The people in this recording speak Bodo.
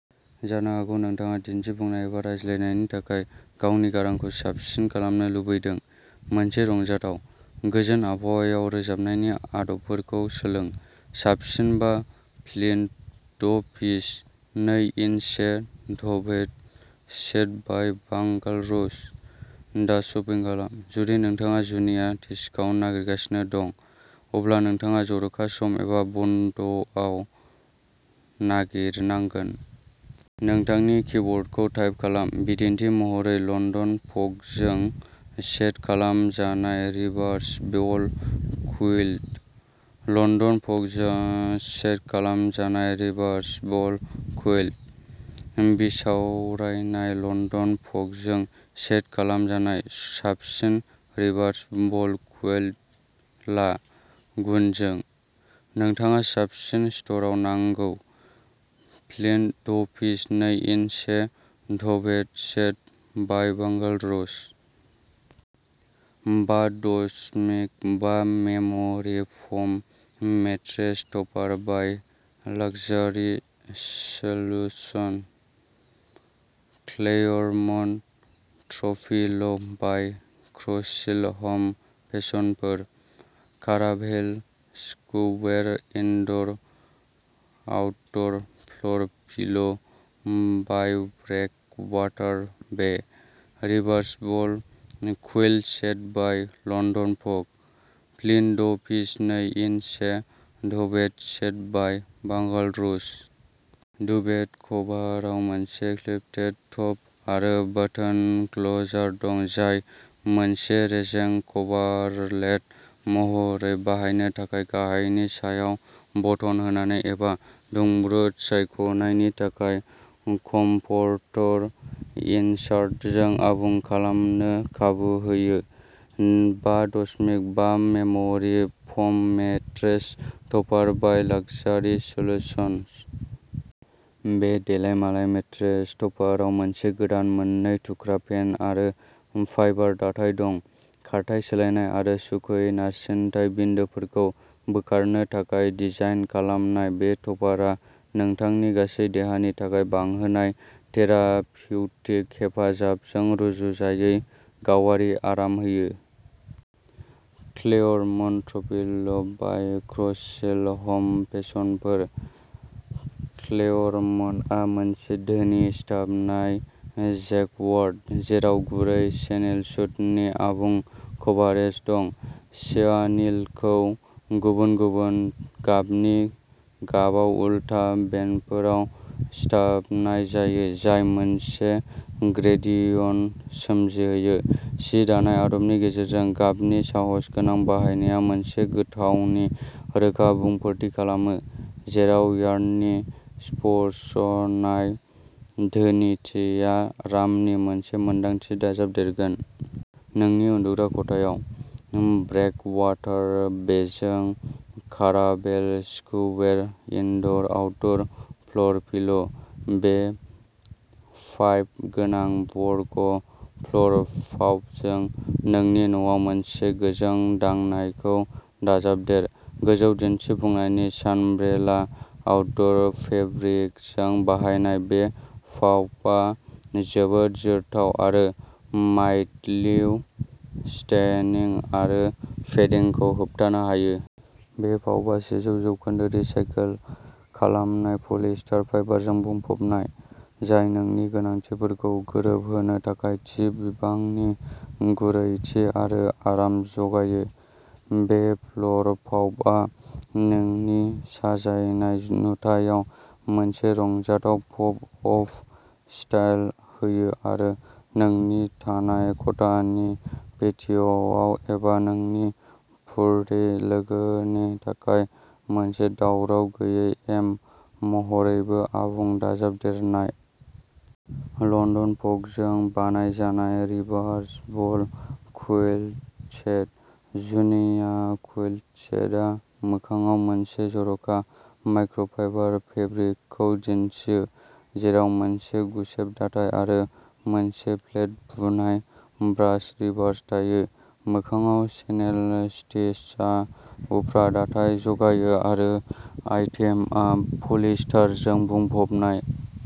जानो हागौ नोंथाङा दिन्थिफुंनाय एबा रायज्लायनायनि थाखाय गावनि गारांखौ साबसिन खालामनो लुबैदों? मोनसे रंजाथाव, गोजोन आबहावायाव रोजाबनायनि आदबफोरखौ सोलों। साबसिन बा फ्लिन्ट द' पिस नै-इन-से डुभेट सेट बाइ बांगाल'रोज। दा शपिं खालाम! जुदि नोंथाङा जुनिया डिस्काउन्ट नागिरगासिनो दं, अब्ला नोंथाङा जर'खा सम एबा बन्द' आव नागिरनांगोन। नोंथांनि किवर्डखौ टाइप खालाम, बिदिन्थि महरै, लण्डन फगजों सेट खालामजानाय रिभार्सबिवल कुइल्ट। लन्दन फगजों सेट खालामजानाय रिभार्सबिवल कुइल्ट। बिसावरायनाय लन्दन फगजों सेट खालामजानाय साबसिन रिभार्सिबल कुइल्ट ला। गुनजों। नोंथाङा साबसिन स्ट'रआव नांगौ। फ्लिन्ट द' पिस नै-इन-से डुभेट सेट बाइ बांगाल'रोज। बा दसमिक बा memory foam mattress topper by luxury solutions. Claremont throw pillow by क्रसिल home fashion for. Caravel Square indoor outdoor floor pillow by Breakwater Bay. Reversible quilt set by London Fog. Flint the' piece नै-इन-से डुभेट सेट बाइ बांगाल'रोज। डुभेट कभारआव मोनसे क्लिकटेड टप आरो बाटोन क्लोजार दं, जाय मोनसे रेजें कभारलेट महरै बाहायनो थाखाय गाहायनि सायाव बटन होनानै एबा दुंब्रुद सायख'नायनि थाखाय कमफर्टर इनसार्टजों आबुं खालामनो खाबु होयो। बा दसमिक बा memory foam mattress topper by luxury solutions. बे देलायमालाय मेट्रेस टपाराव मोनसे गोदान मोननै थुख्रा फेन आरो फाइबार दाथाय दं। खारथाइ सोलायनाय आरो सुखुयै नारसिनथाय बिन्दोफोरखौ बोखारनो थाखाय डिजाइन खालामनाय बे टपारआ नोंथांनि गासै देहानि थाखाय बांहोनाय थेरापिउटिक हेफाजाबजों रुजुजायै गावारि आराम होयो। क्लेयरमन्ट थ्र'पिल्लो बाइ क्रससिल हम फेसनफोर। क्लेयरमन्टआ मोनसे धोनि सिथाबनाय जेक्वार्ड, जेराव गुरै चेनिल सूतनि आबुं कभारेज दं। चेआनिलखौ गुबुन गुबुन गाबनि गाबाव उलथा बेन्डफोराव सिथाबनाय जायो, जाय मोनसे ग्रेडियन्ट सोमजिहोयो। सि दानाय आदबनि गेजेरजों गाबनि साहसगोनां बाहायनाया मोनसे गोथावनि रोखा बुंफोरथि खालामो, जेराव यार्ननि स्पर्शेहनाय धोनिथिया रामनि मोनसे मोनदांथि दाजाबदेरगोन। नोंनि उन्दुग्रा खथायाव। ब्रेकवाटार बेजों Caravel Square indoor outdoor floor pillow'. बे पाइप गोनां बर्ग फ्ल'र पाउफजों नोंनि न'आव मोनसे गोजों दांनायखौ दाजाबदेर। गोजौ दिन्थिफुंनायनि सानब्रेला आउटड'र फेब्रिकजों बाहायनाय बे पाउफआ जोबोद जोरथाव आरो माइडलिउ स्टेनिं आरो फेदिंखौ होबथानो हायो। बे पाउफआ सेजौ जौखोनदो रिसाइकेल खालामनाय पलिएस्टार फाइबारजों बुंफबनाय, जाय नोंनि गोनांथिफोरखौ गोरोबहोनो थाखाय थि बिबांनि गुरैथि आरो आराम जगायो। बे फ्ल'र पाउफआ नोंनि साजायनाय नुथायाव मोनसे रंजाथाव पप अफ स्टाइल होयो आरो नोंनि थानाय खथानि पेटिय'आव एबा नोंनि फुर्रि लोगोनि थाखाय मोनसे दावराव गैयै एम महरैबो आबुं दाजाबदेरनाय। लण्डन फगजों बानायजानाय रिभार्सबल कुइल्ट सेट। जुनिया कुइल्ट सेटआ मोखांआव मोनसे जर'खा माइक्र'फाइबार फेब्रिकखौ दिन्थियो, जेराव मोनसे गुसेब दाथाय आरो मोनसे फ्लेट बुनाय ब्रास रिभार्स थायो। मोखांआव चेनेल स्तिचआ उफ्रा दाथाय जगायो आरो आइटेमआ पलिएस्टारजों बुंफबनाय।